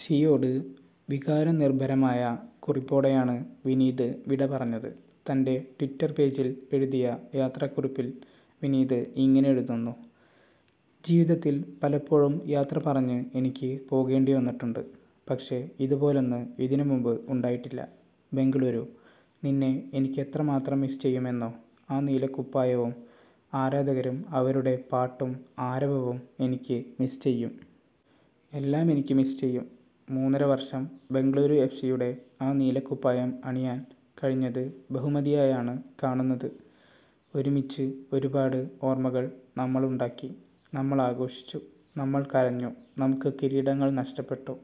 സിയോട് വികാരനിര്ഭരമായ കുറിപ്പോടെയാണ് വിനീത് വിടപറഞ്ഞത്. തന്റെ ട്വിറ്റര് പേജില് എഴുതിയ യാത്രാക്കുറിപ്പില് വിനീത് ഇങ്ങനെ എഴുതുന്നു. ''ജീവിതത്തില് പലപ്പോഴും യാത്ര പറഞ്ഞ് എനിക്ക് പോകേണ്ടി വന്നിട്ടുണ്ട്. പക്ഷേ ഇതുപോലൊന്ന് ഇതിന് മുമ്പ് ഉണ്ടായിട്ടില്ല. ബെംഗളൂരു, നിന്നെ എനിക്ക് എത്രമാത്രം മിസ്സ് ചെയ്യുമെന്നോ. ആ നീലക്കുപ്പായവും ആരാധകരും അവരുടെ പാട്ടും ആരവവും എനിക്ക് മിസ്സ് ചെയ്യും. എല്ലാം എനിക്ക് മിസ്സ് ചെയ്യും. മൂന്നര വര്ഷം ബെംഗളൂരു എഫ്. സിയുടെ ആ നീലക്കുപ്പായം അണിയാന് കഴിഞ്ഞത് ബഹുമതിയായാണ് കാണുന്നത്. ഒരുമിച്ച് ഒരുപാട് ഓര്മ്മകള് നമ്മളുണ്ടാക്കി, നമ്മള് ആഘോഷിച്ചു, നമ്മള് കരഞ്ഞു, നമുക്ക് കിരീടങ്ങള് നഷ്ടപ്പെട്ടു,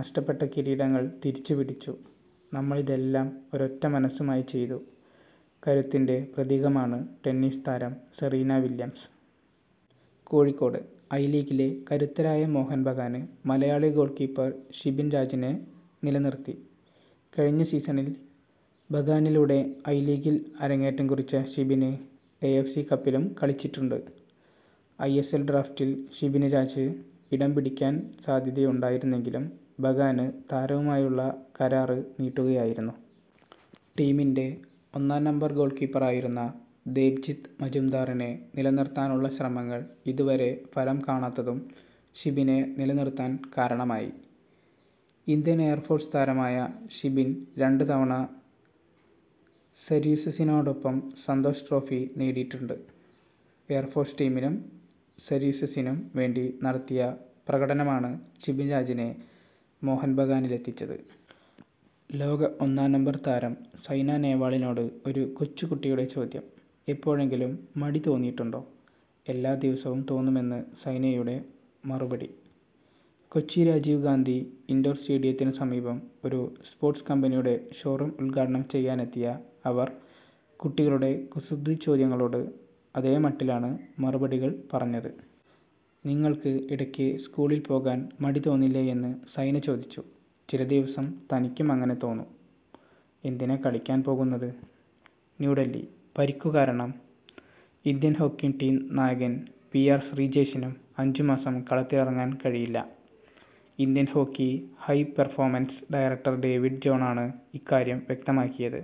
നഷ്ടപ്പെട്ട കിരീടങ്ങള് തിരിച്ചുപിടിച്ചു. നമ്മള് ഇതെല്ലാം ഒരൊറ്റ മനസ്സുമായി ചെയ്തു. കരുത്തിന്റെ പ്രതീകമാണ് ടെന്നീസ് താരം സെറീന വില്യംസ്. കോഴിക്കോട്:ഐലീഗിലെ കരുത്തരായ മോഹന് ബഗാന് മലയാളി ഗോള്കീപ്പര് ഷിബിന് രാജിനെ നിലനിര്ത്തി. കഴിഞ്ഞ സീസണില് ബഗാനിലൂടെ ഐലീഗില് അരങ്ങേറ്റം കുറിച്ച ഷിബിന് എ. എഫ്. സി കപ്പിലും കളിച്ചിട്ടുണ്ട്. ഐ. എസ്. എല് ഡ്രാഫ്റ്റില് ഷിബിന് രാജ് ഇടം പിടിക്കാന് സാധ്യതയുണ്ടായിരുന്നെങ്കിലും ബഗാന് താരവുമായുള്ള കരാര് നീട്ടുകയായിരുന്നു. ടീമിന്റെ ഒന്നാം നമ്പര് ഗോള് കീപ്പറായിരുന്ന ദേബ്ജിത്ത് മജുംദാറിനെ നിലനിര്ത്താനുള്ള ശ്രമങ്ങള് ഇത് വരെ ഫലം കാണാത്തതും ഷിബിനെ നിലനിര്ത്താന് കാരണമായി. ഇന്ത്യന് എയര്ഫോഴ്സ് താരമായ ഷിബിന് രണ്ട് തവണ സര്വീസസിനോടൊപ്പം സന്തോഷ് ട്രോഫി നേടിയിട്ടുണ്ട്. എയര് ഫോഴ്സ് ടീമിനും, സര്വീസസിനും വേണ്ടി നടത്തിയ പ്രകടനമാണ് ഷിബിന് രാജിനെ മോഹന് ബഗാനിലെത്തിച്ചത്. ലോക ഒന്നാം നമ്പര് താരം സൈന നേവാളിനോട് ഒരു കൊച്ചുകുട്ടിയുടെ ചോദ്യം. എപ്പോഴെങ്കിലും മടി തോന്നിയിട്ടുണ്ടോ. എല്ലാ ദിവസവും തോന്നുമെന്ന് സൈനയുടെ മറുപടി. കൊച്ചി രാജീവ് ഗാന്ധി ഇന്ഡോര് സ്റ്റേഡിയത്തിനു സമീപം ഒരു സ്പോര്ട്സ് കമ്പനിയുടെ ഷോറൂം ഉദ്ഘാടനം ചെയ്യാനെത്തിയ അവര് കുട്ടികളുടെ കുസൃതിച്ചോദ്യങ്ങളോട് അതേമട്ടിലാണ് മറുപടികള് പറഞ്ഞത്. നിങ്ങള്ക്ക് ഇടയ്ക്ക് സ്കൂളില്പോകാന് മടി തോന്നില്ലേയെന്ന് സൈന ചോദിച്ചു. ചില ദിവസം തനിക്കും അങ്ങനെ തോന്നും. എന്തിനാ കളിക്കാന് പോകുന്നത്. ന്യൂഡല്ഹി:പരിക്കുകാരണം ഇന്ത്യന് ഹോക്കി ടീം നായകന് പി. ആര്. ശ്രീജേഷിന് അഞ്ചുമാസം കളത്തിലിറങ്ങാന് കഴിയില്ല. Indian hockey high performance director David ജോണാണ് ഇക്കാര്യം വ്യക്തമാക്കിയത്.